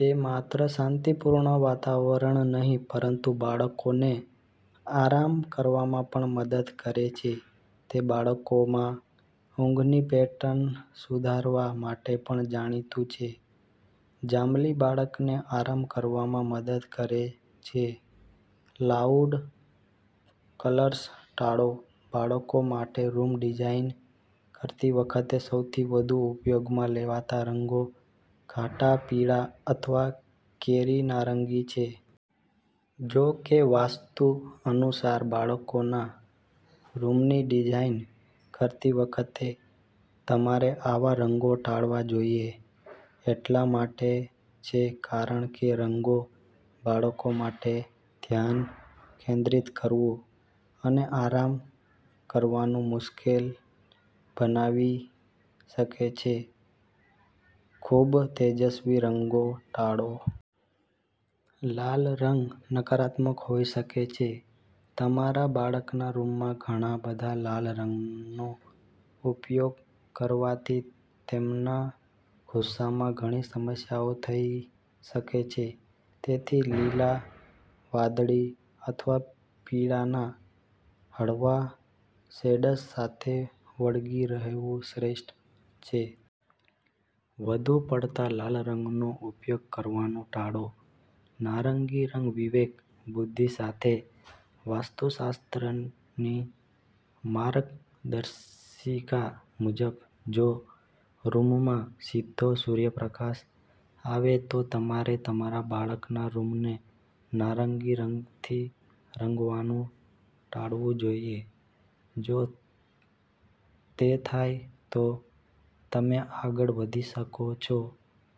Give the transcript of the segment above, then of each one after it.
તે માત્ર શાંતિપૂર્ણ વાતાવરણ નહીં પરંતુ બાળકોને આરામ કરવામાં પણ મદદ કરે છે. તે બાળકોમાં ઊંઘની પેટર્ન સુધારવા માટે પણ જાણીતું છે. જાંબલી બાળકને આરામ કરવામાં મદદ કરે છે. લાઉડ કલર્સ ટાળો. બાળકો માટે રૂમ ડિઝાઇન કરતી વખતે સૌથી વધુ ઉપયોગમાં લેવાતા રંગો ઘાટા પીળા અથવા કેરી નારંગી છે. જો કે, વાસ્તુ અનુસાર બાળકોના રૂમની ડિઝાઇન કરતી વખતે તમારે આવા રંગો ટાળવા જોઈએ. એટલા માટે છે કારણ કે રંગો બાળકો માટે ધ્યાન કેન્દ્રિત કરવું અને આરામ કરવાનું મુશ્કેલ બનાવી શકે છે. ખૂબ તેજસ્વી રંગો ટાળો. લાલ રંગ નકારાત્મક હોઈ શકે છે. તમારા બાળકના રૂમમાં ઘણા બધા લાલ રંગનો ઉપયોગ કરવાથી તેમના ગુસ્સામાં ઘણી સમસ્યાઓ થઈ શકે છે. તેથી, લીલા, વાદળી અથવા પીળાના હળવા શેડ્સ સાથે વળગી રહેવું શ્રેષ્ઠ છે. વધુ પડતા લાલ રંગનો ઉપયોગ કરવાનું ટાળો. નારંગી રંગ વિવેક, બુદ્ધિ સાથે વાસ્તુશાસ્ત્રની માર્ગદર્શિકા મુજબ, જો રૂમમાં સીધો સૂર્યપ્રકાશ આવે તો તમારે તમારા બાળકના રૂમને નારંગી રંગથી રંગવાનું ટાળવું જોઈએ. જો તે થાય, તો તમે આગળ વધી શકો છો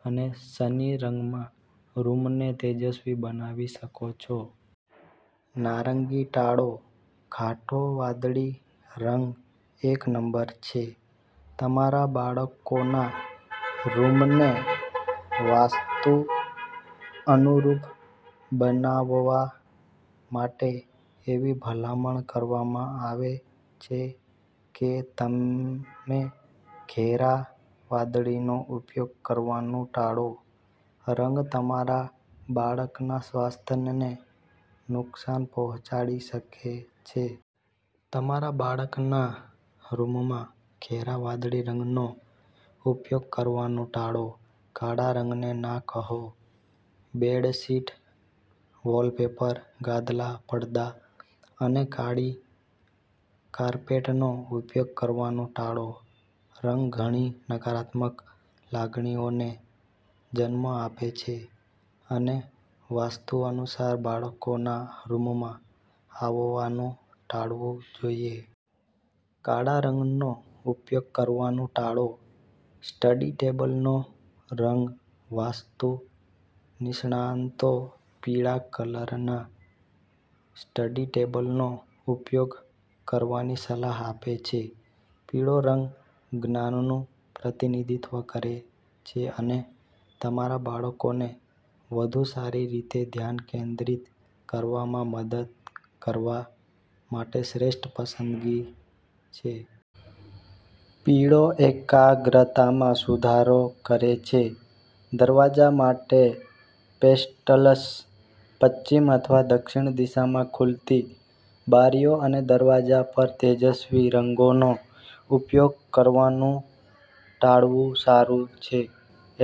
અને સની રંગમાં રૂમને તેજસ્વી બનાવી શકો છો. નારંગી ટાળો. ઘાટો વાદળી રંગ એક નંબર છે તમારા બાળકોના રૂમને વાસ્તુ અનુરૂપ બનાવવા માટે. એવી ભલામણ કરવામાં આવે છે કે તમે ઘેરા વાદળીનો ઉપયોગ કરવાનું ટાળો. રંગ તમારા બાળકના સ્વાસ્થ્યને નુકસાન પહોંચાડી શકે છે. તમારા બાળકના રૂમમાં ઘેરા વાદળી રંગનો ઉપયોગ કરવાનું ટાળો. કાળા રંગને ના કહો. બેડશીટ, વોલપેપર, ગાદલા, પડદા અને કાળી કાર્પેટનો ઉપયોગ કરવાનું ટાળો. રંગ ઘણી નકારાત્મક લાગણીઓને જન્મ આપે છે અને વાસ્તુ અનુસાર બાળકોના રૂમમાં આવવાનું ટાળવું જોઈએ. કાળા રંગનો ઉપયોગ કરવાનું ટાળો. સ્ટડી ટેબલનો રંગ વાસ્તુ નિષ્ણાતો પીળા કલરના સ્ટડી ટેબલનો ઉપયોગ કરવાની સલાહ આપે છે. પીળો રંગ જ્ઞાનનું પ્રતિનિધિત્વ કરે છે અને તમારા બાળકોને વધુ સારી રીતે ધ્યાન કેન્દ્રિત કરવામાં મદદ કરવા માટે શ્રેષ્ઠ પસંદગી છે. પીળો એકાગ્રતામાં સુધારો કરે છે. દરવાજા માટે પેસ્ટલ્સ. પશ્ચિમ અથવા દક્ષિણ દિશામાં ખુલતી બારીઓ અને દરવાજા પર તેજસ્વી રંગોનો ઉપયોગ કરવાનું ટાળવું સારું છે.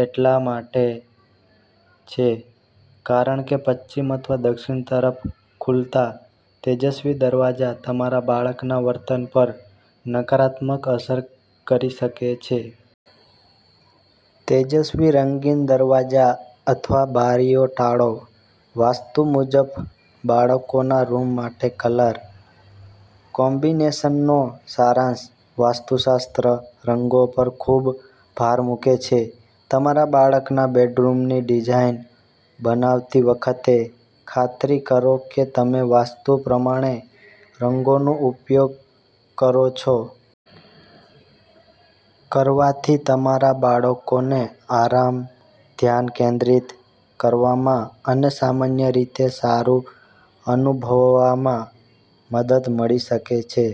એટલા માટે છે કારણ કે પશ્ચિમ અથવા દક્ષિણ તરફ ખુલતા તેજસ્વી દરવાજા તમારા બાળકના વર્તન પર નકારાત્મક અસર કરી શકે છે. તેજસ્વી રંગીન દરવાજા અથવા બારીઓ ટાળો. વાસ્તુ મુજબ બાળકોના રૂમ માટે કલર કોમ્બિનેશનનો સારાંશ વાસ્તુશાસ્ત્ર રંગો પર ખૂબ ભાર મૂકે છે. તમારા બાળકના બેડરૂમની ડિઝાઇન બનાવતી વખતે ખાતરી કરો કે તમે વાસ્તુ પ્રમાણે રંગોનો ઉપયોગ કરો છો. કરવાથી તમારા બાળકોને આરામ, ધ્યાન કેન્દ્રિત કરવામાં અને સામાન્ય રીતે સારું અનુભવવામાં મદદ મળી શકે છે.